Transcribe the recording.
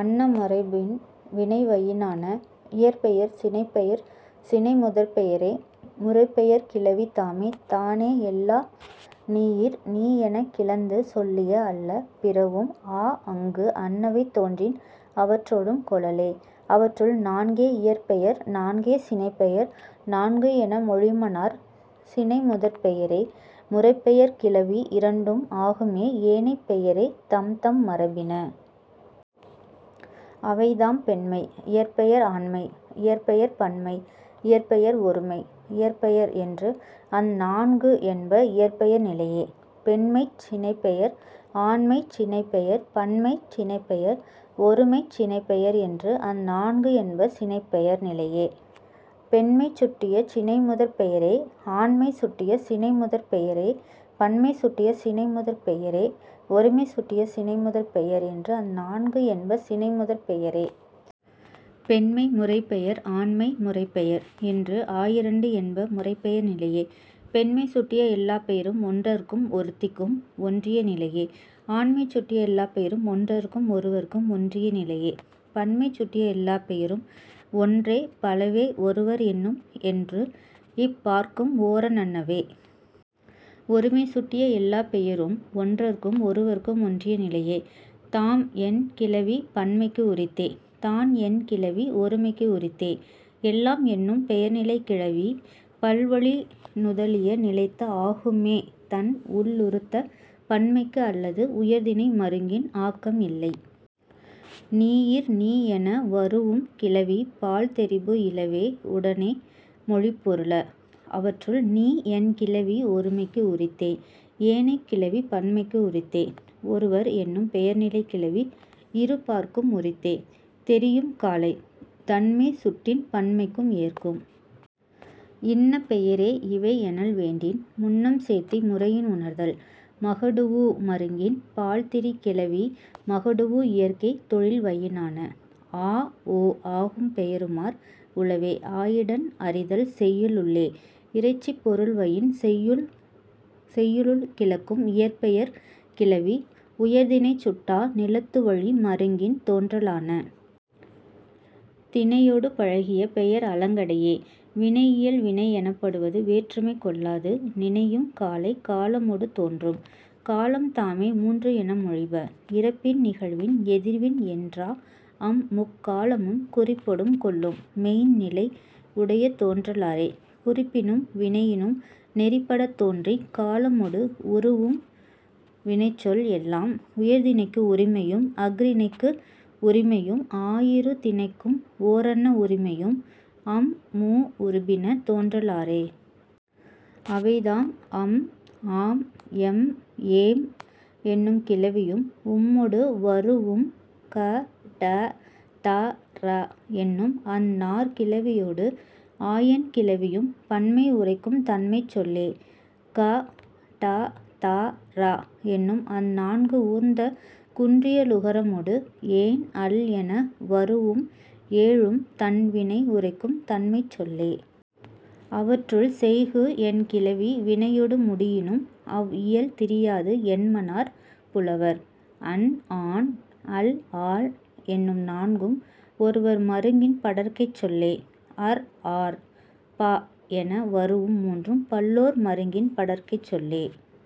அன்ன மரபின் வினைவயினான. இயற்பெயர் சினைப்பெயர் சினைமுதற்பெயரே முறைப்பெயர்க் கிளவி தாமே தானே எல்லாம் நீயிர் நீ எனக் கிளந்து சொல்லிய அல்ல பிறவும் ஆஅங்கு அன்னவை தோன்றின் அவற்றொடும் கொளலே. அவற்றுள், நான்கே இயற்பெயர் நான்கே சினைப்பெயர் நான்கு என மொழிமனார் சினைமுதற்பெயரே முறைப்பெயர்க் கிளவி இரண்டு ஆகும்மே ஏனைப் பெயரே தம்தம் மரபின. அவைதாம், பெண்மை இயற்பெயர் ஆண்மை இயற்பெயர் பன்மை இயற்பெயர் ஒருமை இயற்பெயர் என்று அந் நான்கு என்ப இயற்பெயர் நிலையே. பெண்மைச் சினைப்பெயர் ஆண்மைச் சினைப்பெயர் பன்மைச் சினைப்பெயர் ஒருமைச் சினைப்பெயர் என்று அந் நான்கு என்ப சினைப்பெயர் நிலையே. பெண்மை சுட்டிய சினைமுதற்பெயரே ஆண்மை சுட்டிய சினைமுதற்பெயரே பன்மை சுட்டிய சினைமுதற்பெயரே ஒருமை சுட்டிய சினைமுதற்பெயர் என்று அந் நான்கு என்ப சினைமுதற்பெயரே. பெண்மை முறைப்பெயர் ஆண்மை முறைப்பெயர் என்று ஆயிரண்டு என்ப முறைப்பெயர் நிலையே. பெண்மை சுட்டிய எல்லாப் பெயரும் ஒன்றற்கும் ஒருத்திக்கும் ஒன்றிய நிலையே. ஆண்மை சுட்டிய எல்லாப் பெயரும் ஒன்றற்கும் ஒருவற்கும் ஒன்றிய நிலையே. பன்மை சுட்டிய எல்லாப் பெயரும் ஒன்றே பலவே ஒருவர் என்னும் என்று இப் பாற்கும் ஓரன்னன்வே. ஒருமை சுட்டிய எல்லாப் பெயரும் ஒன்றற்கும் ஒருவர்க்கும் ஒன்றிய நிலையே. தாம் என் கிளவி பன்மைக்கு உரித்தே. தான் என் கிளவி ஒருமைக்கு உரித்தே. எல்லாம் என்னும் பெயர்நிலைக் கிளவி பல்வழி நுதலிய நிலைத்து ஆகும்மே தன் உள்ளுறுத்த பன்மைக்கு அல்லது உயர்திணை மருங்கின் ஆக்கம் இல்லை. நீயிர் நீ என வரூஉம் கிளவி பால் தெரிபு இலவே உடனே மொழிப் பொருள. அவற்றுள், நீ என் கிளவி ஒருமைக்கு உரித்தே. ஏனைக் கிளவி பன்மைக்கு உரித்தே. ஒருவர் என்னும் பெயர்நிலைக் கிளவி இரு பாற்கும் உரித்தே தெரியும் காலை. தன்மை சுட்டின் பன்மைக்கும் ஏற்கும். இன்ன பெயரே இவை எனல் வேண்டின் முன்னம் சேர்த்தி முறையின் உணர்தல். மகடூஉ மருங்கின் பால் திரி கிளவி மகடூஉ இயற்கை தொழில்வயினான. ஆ ஓ ஆகும் பெயருமார் உளவே ஆயிடன் அறிதல் செய்யுளுள்ளே. இறைச்சிப் பொருள்வயின் செய்யுளுள் கிளக்கும் இயற்பெயர்க் கிளவி உயர்திணை சுட்டா நிலத்துவழி மருங்கின் தோன்றலான. திணையொடு பழகிய பெயர் அலங்கடையே.. வினையியல் வினை எனப்படுவது வேற்றுமை கொள்ளாது நினையும் காலை காலமொடு தோன்றும். காலம்தாமே மூன்று என மொழிப. இறப்பின் நிகழ்வின் எதிர்வின் என்றா அம் முக் காலமும் குறிப்பொடும் கொள்ளும் மெய்ந் நிலை உடைய தோன்றலாறே. குறிப்பினும் வினையினும் நெறிப்படத் தோன்றிக் காலமொடு வரூஉம் வினைச்சொல் எல்லாம் உயர்திணைக்கு உரிமையும் அஃறிணைக்கு உரிமையும் ஆயிரு திணைக்கும் ஓரன்ன உரிமையும் அம் மூ உருபின தோன்றலாறே. அவைதாம், அம் ஆம் எம் ஏம் என்னும் கிளவியும் உம்மொடு வரூஉம் க ட த ற என்னும் அந் நாற் கிளவியொடு ஆயெண் கிளவியும் பன்மை உரைக்கும் தன்மைச் சொல்லே. க ட த ற என்னும் அந் நான்கு ஊர்ந்த குன்றியலுகரமொடு ஏன் அல் என வரூஉம் ஏழும் தன் வினை உரைக்கும் தன்மைச் சொல்லே. அவற்றுள், செய்கு என் கிளவி வினையொடு முடியினும் அவ் இயல் திரியாது என்மனார் புலவர். அன் ஆன் அள் ஆள் என்னும் நான்கும் ஒருவர் மருங்கின் படர்க்கைச் சொல்லே. அர் ஆர் ப என வரூஉம் மூன்றும் பல்லோர் மருங்கின் படர்க்கைச் சொல்லே.